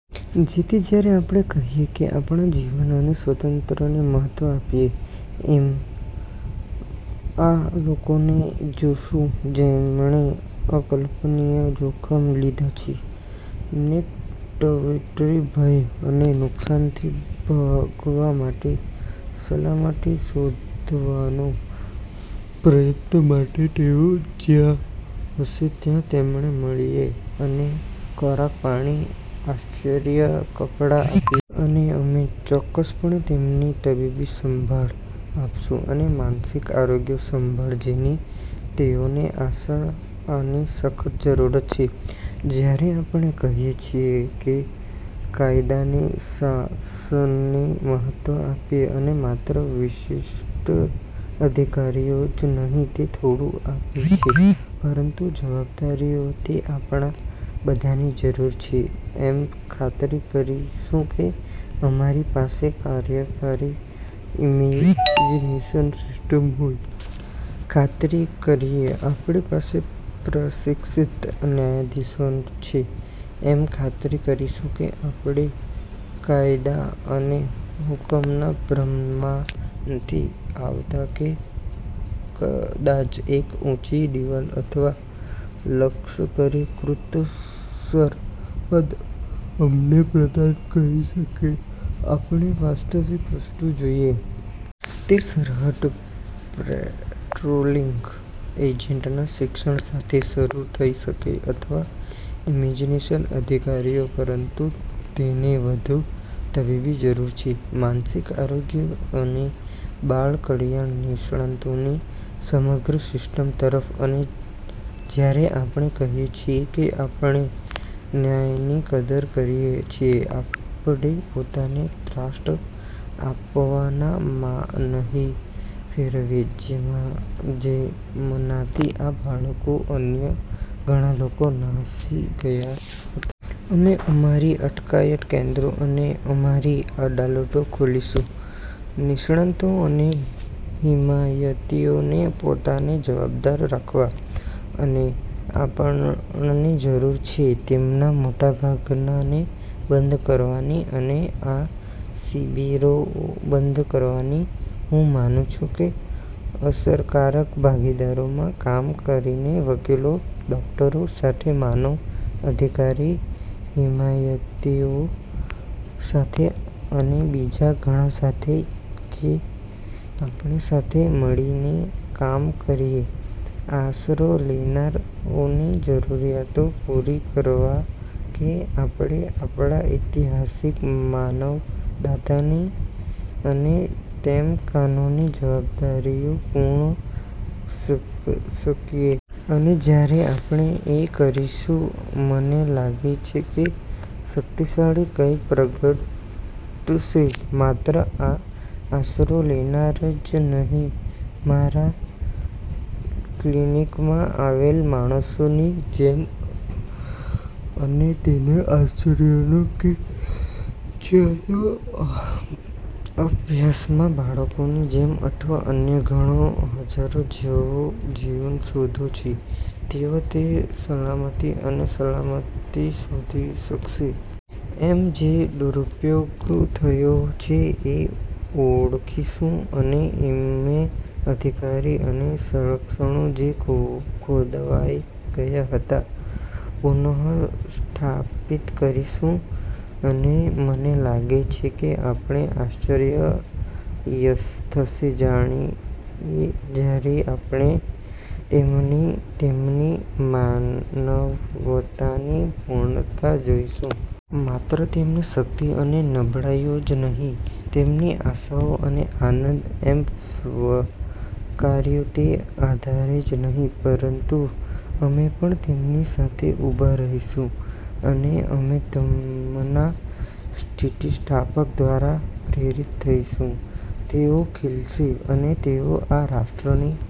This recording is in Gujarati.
જેથી જ્યારે આપણે કહીએ કે આપણે જીવન અને સ્વતંત્રતાને મહત્ત્વ આપીએ, અમે આ લોકોને જોશું જેમણે અકલ્પનીય જોખમો લીધા છે નિકટવર્તી ભય અને નુકસાન થી ભાગવા માટે સલામતી શોધવાનો પ્રયત્ન માટે. તેઓ જ્યાં હશે ત્યાં તેમને મળીએ અને ખોરાક, પાણી, આશ્રય, કપડાં આ અને અમે ચોક્કસપણે તેમની તબીબી સંભાળ આપીશું અને માનસિક આરોગ્ય સંભાળ જેની તેઓને આની સખત જરૂર છે. જ્યારે આપણે કહીએ છીએ કે કાયદાના શાસનને મહત્વ આપીએ, અને માત્ર વિશેષાધિકારો જ નહીં તે થોડું આપે છે પરંતુ જવાબદારીઓ તે આપણા બધાની જરૂર છે, અમે ખાતરી કરીશું કે અમારી પાસે કાર્યકારી ઇમિગ્રેશન સિસ્ટમ હોય. ખાતરી કરીએ આપડી પાસે પ્રશિક્ષિત ન્યાયાધીશો છે અમે ખાતરી કરીશું કે આપડે કાયદા અને હુકમ ના ભ્રમ માં નથી આવતા કે કદાચ એક ઊંચી દિવાલ અથવા લશ્કરીકૃત સરહદ અમને પ્રદાન કરી શકે. આપણને વાસ્તવિક વસ્તુ જોઈએ. તે સરહદ પેટ્રોલીંગ એજન્ટ ના શિક્ષણ સાથે શરૂ થઈ શકે અથવા ઇમિગ્રેશન અધિકારીઓ, પરંતુ તેને વધુ તબીબી જરૂર છે, માનસિક આરોગ્ય અને બાળ કલ્યાણ નિષ્ણાતો ની સમગ્ર સિસ્ટમ તરફ. અને જ્યારે આપણે કહીએ છીએ કે આપણે ન્યાયની કદર કરીએ છીએ, આપડે પોતાને ત્રાસ આપનાર માં નહીં ફેરવીએ જેમનાથી આ બાળકો અને અન્ય ઘણા લોકો નાસી ગયા હતા. અમે અમારી અટકાયત કેન્દ્રો અને અમારી અદાલતો ખોલીશુ નિષ્ણાતો અને હિમાયતીઓને પોતાને જવાબદાર રાખવા. અને આપણને જરૂર છે તેમાંના મોટાભાગનાને બંધ કરવા ની અને આ શિબિરો બંધ કરવાની. હું માનું છું કે અસરકારક ભાગીદારીમાં કામ કરીને વકીલો, ડોકટરો સાથે, માનવ અધિકારના હિમાયતીઓ સાથે અને બીજા ઘણા સાથે, કે આપણે સાથે મળીને કામ કરીએ આશરો લેનારાઓની જરૂરિયાતો પૂરી કરવા કે આપડે આપડા ઐતિહાસિક, માનવતાવાદી અને તેમને કાનૂની જવાબદારીઓ પૂરી શકીએ. અને જ્યારે આપડે એ કરીશું, મને લાગે છે કે શક્તિશાળી કંઈક પ્રગટશે. માત્ર આ આશરો લેનારા જ નહીં મારા ક્લિનિકમાં આવેલા માણસની જેમ અને તેનો આશ્રયનો કેસ જીત્યો, અભ્યાસમાં બાળકોની જેમ અથવા અન્ય ઘણા હજારો જે નવું જીવન શોધે છે, તેઓ તે સલામતી અને સલામતી શોધી શકશે. અમે જે દુરુપયોગ થયો છે એ ઓળખીશું, અને અમે અધિકાર અને સંરક્ષણો જે ખોવાઈ ગયા હતા પુન:સ્થાપિત કરીશું. અને મને લાગે છે કે આપણને આશ્ચર્ય થશે જ્યારે આપણે તેમને તેમની માનવતાની પૂર્ણતામાં જોઈશું. માત્ર તેમની શક્તિ અને નબળાઇઓ જ નહીં, તેમની આશાઓ અને આનંદ, અમે સ્વીકાર્યું તે આઘાત જ નહીં, પરંતુ અમે પણ તેમની સાથે ઉભા રહીશું અને અમે તેમના સ્થિતિસ્થાપકતા દ્વારા પ્રેરિત થઈશું. તેઓ ખિલશે, અને તેઓ આ રાષ્ટ્રની